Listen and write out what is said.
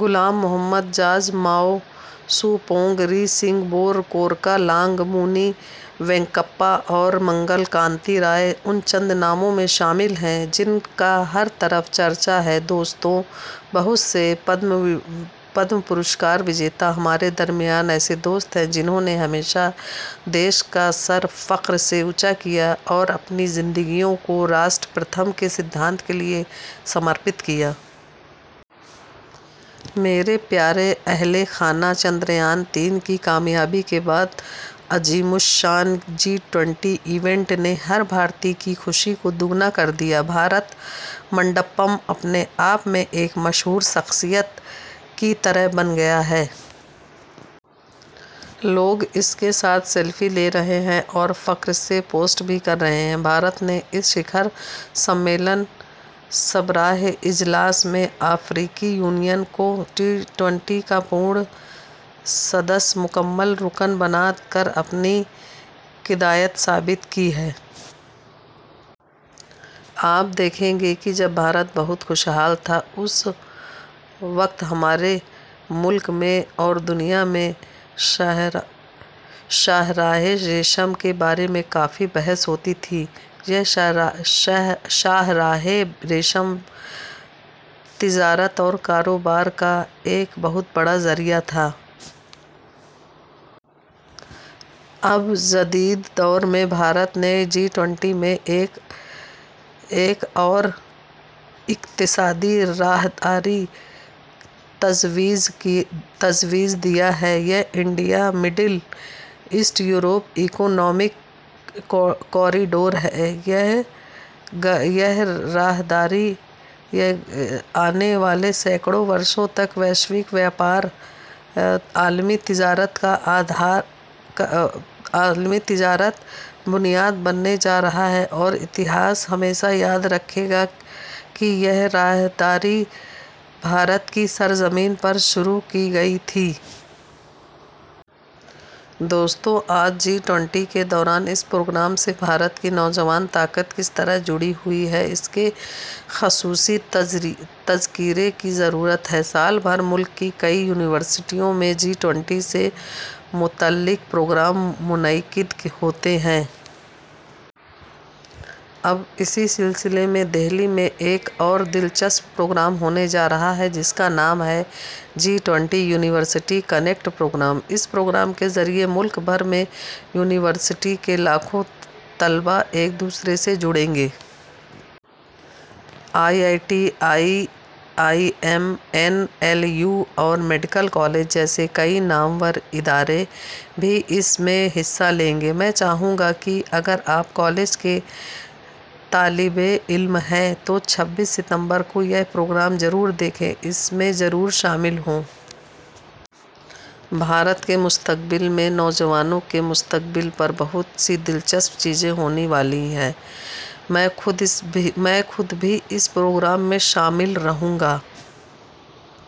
غلام محمد زاز، ماؤ سو pong, Ri Singbor Kurkalang لانگ، مونی وینکٹپا اور منگل کانتی رائے ان چند ناموں میں شامل ہیں جن کا ہر طرف چرچا ہے۔ دوستو، بہت سے پدم ایوارڈ یافتہ ہمارے درمیان ایسے دوست ہیں، جنہوں نے ہمیشہ ملک کا سر فخر سے بلند کیا، اور اپنی زندگیوں کو "قوم پہلے" کے اصول کے لیے وقف کیا۔ میرے پیارے اہلِ خانہ، چندریان تین کی کامیابی کے بعد عظیم الشان جی ٹوئنٹی ایونٹ نے ہر بھارتی کی خوشی کو دوگنا کر دیا۔ بھارت منڈپم اپنے آپ میں ایک مشہور شخصیت کی طرح بن گیا ہے۔ لوگ اس کے ساتھ سیلفی لے رہے ہیں اور فخر سے پوسٹ بھی کر رہے ہیں۔ بھارت نے اس سربراہ اجلاس میں افریقی یونین کو جی ٹوئنٹی کا مکمل رکن بنا کر اپنی قیادت ثابت کی ہے۔ آپ دیکھیں گے کہ جب بھارت بہت خوشحال تھا، اس وقت ہمارے ملک میں اور دنیا میں شاہراہِ ریشم کے بارے میں کافی بحث ہوتی تھی۔ یہ شاہراہِ ریشم تجارت اور کاروبار کا ایک بہت بڑا ذریعہ تھا۔ اب جدید دور میں بھارت نے جی ٹوئنٹی میں ایک اور اقتصادی راہداری کی تجویز دی ہے۔ یہ India Middle East Europe economic corridor ہے۔ یہ راہداری آنے والے سینکڑوں برسوں تک عالمی تجارت کی بنیاد بننے جا رہی ہے اور تاریخ ہمیشہ یاد رکھے گی کہ یہ راہداری بھارت کی سرزمین پر شروع کی گئی تھی۔ دوستو، آج جی ٹوئنٹی کے دوران اس پروگرام سے بھارت کی نوجوان طاقت کس طرح جڑی ہوئی ہے، اس کے خصوصی تذکرے کی ضرورت ہے۔ سال بھر ملک کی کئی یونیورسٹیوں میں جی ٹوئنٹی سے متعلق پروگرام منعقد ہوتے رہے۔ اب اسی سلسلے میں دہلی میں ایک اور دل چسپ پروگرام ہونے جا رہا ہے جس کا نام ہے G twenty university connect program. اس پروگرام کے ذریعے ملک بھر میں یونیورسٹی کے لاکھوں طلبہ ایک دوسرے سے جڑیں گے۔ I I T, I I M, N I T اور میڈیکل کالج جیسے کئی نامور ادارے بھی اس میں حصہ لیں گے۔ میں چاہوں گا کہ اگر آپ کالج کے طالب علم ہیں تو چھبیس ستمبر کو یہ پروگرام ضرور دیکھیں، اس میں ضرور شامل ہوں۔ بھارت کے مستقبل میں، نوجوانوں کے مستقبل پر بہت سی دل چسپ چیزیں ہونے والی ہیں۔ میں خود بھی اس پروگرام میں شامل رہوں۔